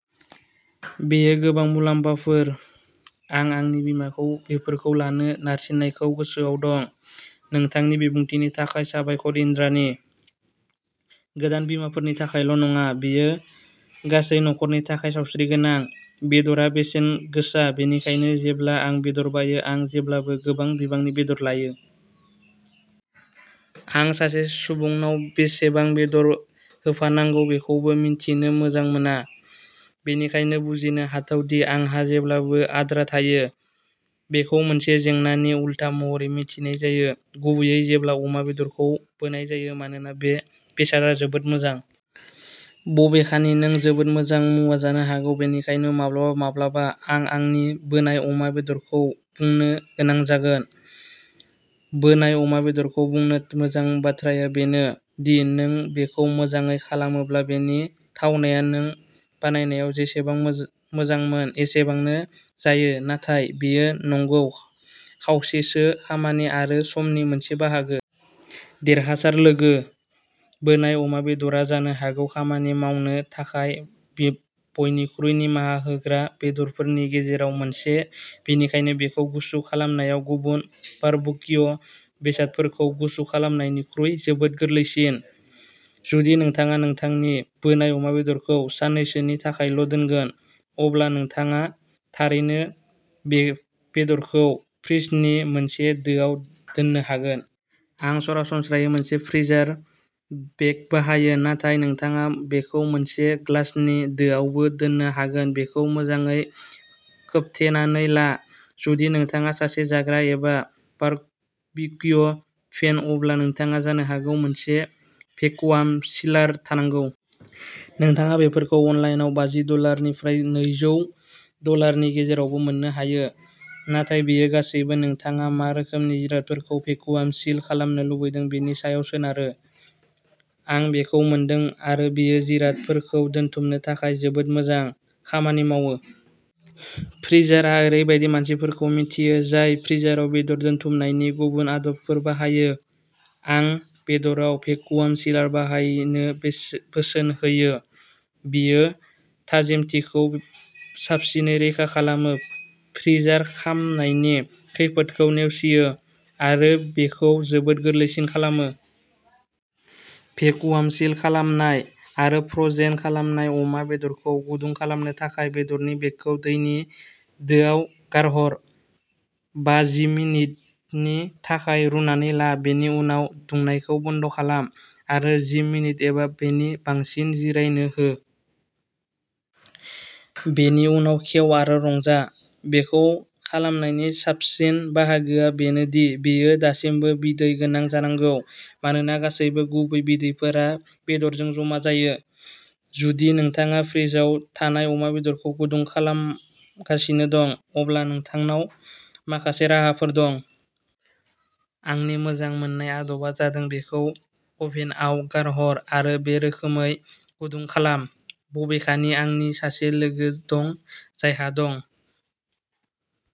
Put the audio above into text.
बेयो गोबां मुलाम्फाफोर आं आंनि बिमाखौ बेफोरखौ लानो नारसिननायखौ गोसोआव दं। नोंथांनि बिबुंथिनि थाखाय साबायखर इन्द्राणी। गोदान बिमाफोरनि थाखायल' नङा, बेयो गासै नखरनि थाखाय सावस्रिगोनां। बेदरआ बेसेन गोसा, बेनिखायनो जेब्ला आं बेदर बायो आं जेब्लाबो गोबां बिबांनि बेदर लायो। आं सासे सुबुंनाव बेसेबां बेदर होफानांगौ बेखौबो मिन्थिनो मोजां मोना। बेनिखायनो, बुजिनो हाथाव दि आंहा जेब्लाबो आद्रा थायो। बेखौ मोनसे जेंनानि उलथा महरै मिथिनाय जायो, गुबैयै जेब्ला अमा बेदरखौ बोनाय जायो मानोना बे बेसादआ जोबोद मोजां। बबेखानि, नों जोबोद मोजां मुवा जानो हागौ बेनिखायनो माब्लाबा-माब्लाबा आं आंनि बोनाय अमा बेदरखौ बुंनो गोनां जागोन। बोनाय अमा बेदरखौ बुंनो मोजां बाथ्राया बेनो दि नों बेखौ मोजाङै खालामोब्ला, बेनि थावनाया नों बानायनायाव जेसेबां मोजांमोन एसेबांनो जायो, नाथाय बेयो नंगौ खावसेसो खामानि आरो समनि मोनसे बाहागो। देरहासार लोगोसे, बोनाय अमा बेदरआ जानो हागौ खामानि मावनो थाखाय बयनिख्रुइ निमाहा होग्रा बेदरफोरनि गेजेराव मोनसे, बेनिखायनो बेखौ गुसु खालामनाया गुबुन बारबिक्यु बेदरफोरखौ गुसु खालामनायनिख्रुइ जोबोद गोरलैसिन। जुदि नोंथाङा नोंथांनि बोनाय अमा बेदरखौ साननैसोनि थाखायल' दोनगोन, अब्ला नोंथाङा थारैनो बेदरखौ फ्रिजनि मोनसे दोआव दोननो हागोन। आं सरासनस्रायै मोनसे फ्रिजार बेग बाहायो, नाथाय नोंथाङा बेखौ मोनसे ग्लासनि दोआवबो दोननो हागोन बेखौ मोजाङै खोबथेनानै ला। जुदि नोंथाङा सासे जाग्रा एबा बारबिक्यु फेन, अब्ला नोंथाङा जानो हागौ मोनसे भेकुवाम सिलार थानांगौ। नोंथाङा बेफोरखौ अनलाइनआव बाजि डलार निफ्राय नैजौ डलारनि गेजेरावबो मोननो हायो, नाथाय बेयो गासिबो नोंथाङा मा रोखोमनि जिरादफोरखौ भेकुवाम सिल खालामनो लुबैदों बेनि सायाव सोनारो। आं बेखौ मोनदों, आरो बेयो जिरादफोरखौ दोनथुमनो थाखाय जोबोद मोजां खामानि मावो। फ्रिजार आं ओरैबायदि मानसिफोरखौ मिथियो, जाय फ्रिजाराव बेदर दोनथुमनायनि गुबुन आदबफोर बाहायो, आं बेदराव भेकुवाम सिलार बाहायनो बे बोसोन होयो। बेयो थाजिमथिखौ साबसिनै रैखा खालामो, फ्रिजार खामनायनि खैफोदखौ नेवसियो, आरो बेखौ जोबोद गोरलैसिन खालामो। भेकुवाम सिल खालामनाय आरो फ्र'जेन खालामनाय अमा बेदरखौ गुदुं खालामनो थाखाय, बेदरनि बेगखौ दैनि दोआव गारहर, बा-जि मिनिटनि थाखाय रुनानै ला, बेनि उनाव दुंनायखौ बन्द खालाम आरो जि मिनिट एबा बेनि बांसिन जिरायनो हो। बेनि उनाव खेव आरो रंजा, बेखौ खालामनायनि साबसिन बाहागोआ बेनो दि बेयो दासिमबो बिदै गोनां जानांगौ मानोना गासैबो गुबै बिदैफोरा बेदरजों जमा जायो। जुदि नोंथाङा फ्रिजआव थानाय अमा बेदरखौ गुदुं खालामगासिनो दं, अब्ला नोंथांनाव माखासे राहाफोर दं। आंनि मोजां मोननाय आदबा जादों बेखौ अभेनआव गारहर आरो बे रोखोमै गुदुं खालाम, बबेखानि आंनि सासे लोगो दं जायहा दं।